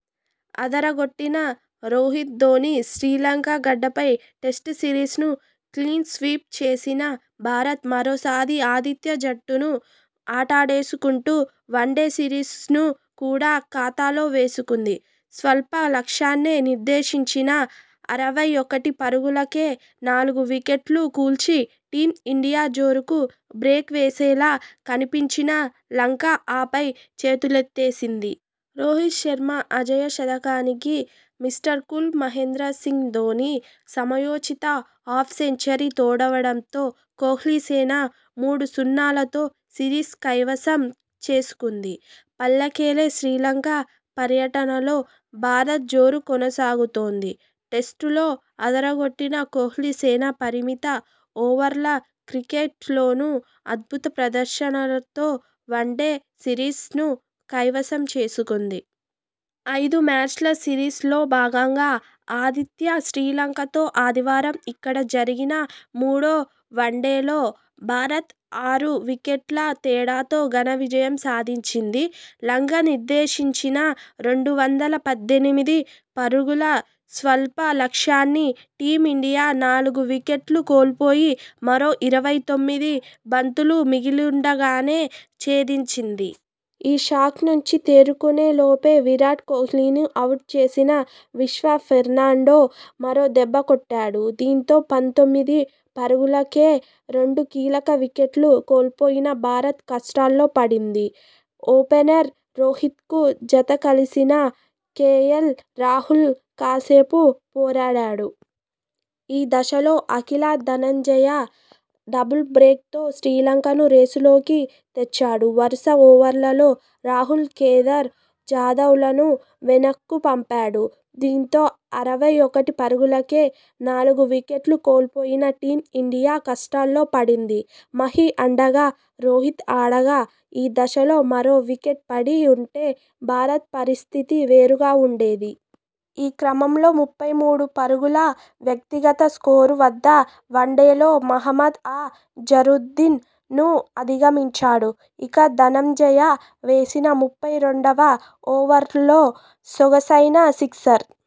అదరగొట్టిన రోహిత్, ధోనీ. శ్రీలంక గడ్డపై test series ను clean sweep చేసిన భారత్. మరోసారి ఆతిథ్య జట్టును ఆటాడేసుకుంటూ వన్డే సిరీస్ ను కూడా ఖాతాలో వేసుకుంది. స్వల్ప లక్ష్యాన్నే నిర్దేశించినా అరవై ఒకటి పరుగులకే నాలుగు వికెట్లు కూల్చి టీం ఇండియా జోరుకు బ్రేక్ వేసేలా కనిపించిన లంక ఆపై చేతులెత్తేసింది. రోహిత్ శర్మ అజేయ శతకానికి మిస్టర్ కూల్ మహేంద్ర సింగ్ ధోనీ సమయోచిత హాఫ్ సెంచరీ తోడవడంతో కోహ్లీసేన మూడు సున్నాతో సిరీస్ కైవసం చేసుకుంది. పల్లెకెలె శ్రీలంక పర్యటనలో భారత్ జోరు కొనసాగుతోంది. టెస్టులో అదరగొట్టిన కోహ్లీసేన పరిమిత ఓవర్ల క్రికెట్ లోనూ అద్భుత ప్రదర్శనతో వన్డే సిరీస్ ను కైవసం చేసుకుంది. ఐదు మ్యాచ్ల సిరీస్ లో భాగంగా ఆతిథ్య శ్రీలంకతో ఆదివారం ఇక్కడ జరిగిన మూడో వన్డేలో భారత్ ఆరు వికెట్ల తేడాతో ఘన విజయం సాధించింది. లంక నిర్దేశించిన రెండు వందల పద్దెనిమిది పరుగుల స్వల్ప లక్ష్యాన్ని టీం ఇండియా నాలుగు వికెట్లు కోల్పోయి మరో ఇరవై తొమ్మిది బంతులు మిగిలుండగానే ఛేదించింది. ఈ షాక్ నుంచి తేరుకునే లోపే విరాట్ కోహ్లీ ని అవుట్ చేసిన విశ్వ ఫెర్నాండో మరో దెబ్బకొట్టాడు. దీంతో పంతొమ్మిది పరుగులకే రెండు కీలక వికెట్లు కోల్పోయిన భారత్ కష్టాల్లో పడింది. ఓపెనర్ రోహిత్ కు జత కలిసిన కేఎల్ రాహుల్ కాసేపు పోరాడాడు. ఈ దశలో అకిల ధనంజయ డబుల్ బ్రేక్ తో శ్రీలంకను రేసులోకి తెచ్చాడు. వరుస ఓవర్లలో రాహుల్, కేదార్ జాదవ్ లను వెనక్కు పంపాడు. దీంతో అరవై ఒకటి పరుగులకే నాలుగు వికెట్లు కోల్పోయిన టీం ఇండియా కష్టాల్లో పడింది. మహీ అండగా రోహిత్ ఆడగా ఈ దశలో మరో వికెట్ పడి ఉంటే భారత్ పరిస్థితి వేరుగా ఉండేది. ఈ క్రమంలో ముప్పై మూడు పరుగుల వ్యక్తిగత స్కోరు వద్ద వన్డేల్లో మహ్మద్ అ జరుద్దీన్ ను అధిగమించాడు. ఇక ధనంజయ వేసిన ముప్పై రెండువ ఓవర్లో సొగసైన సిక్సర్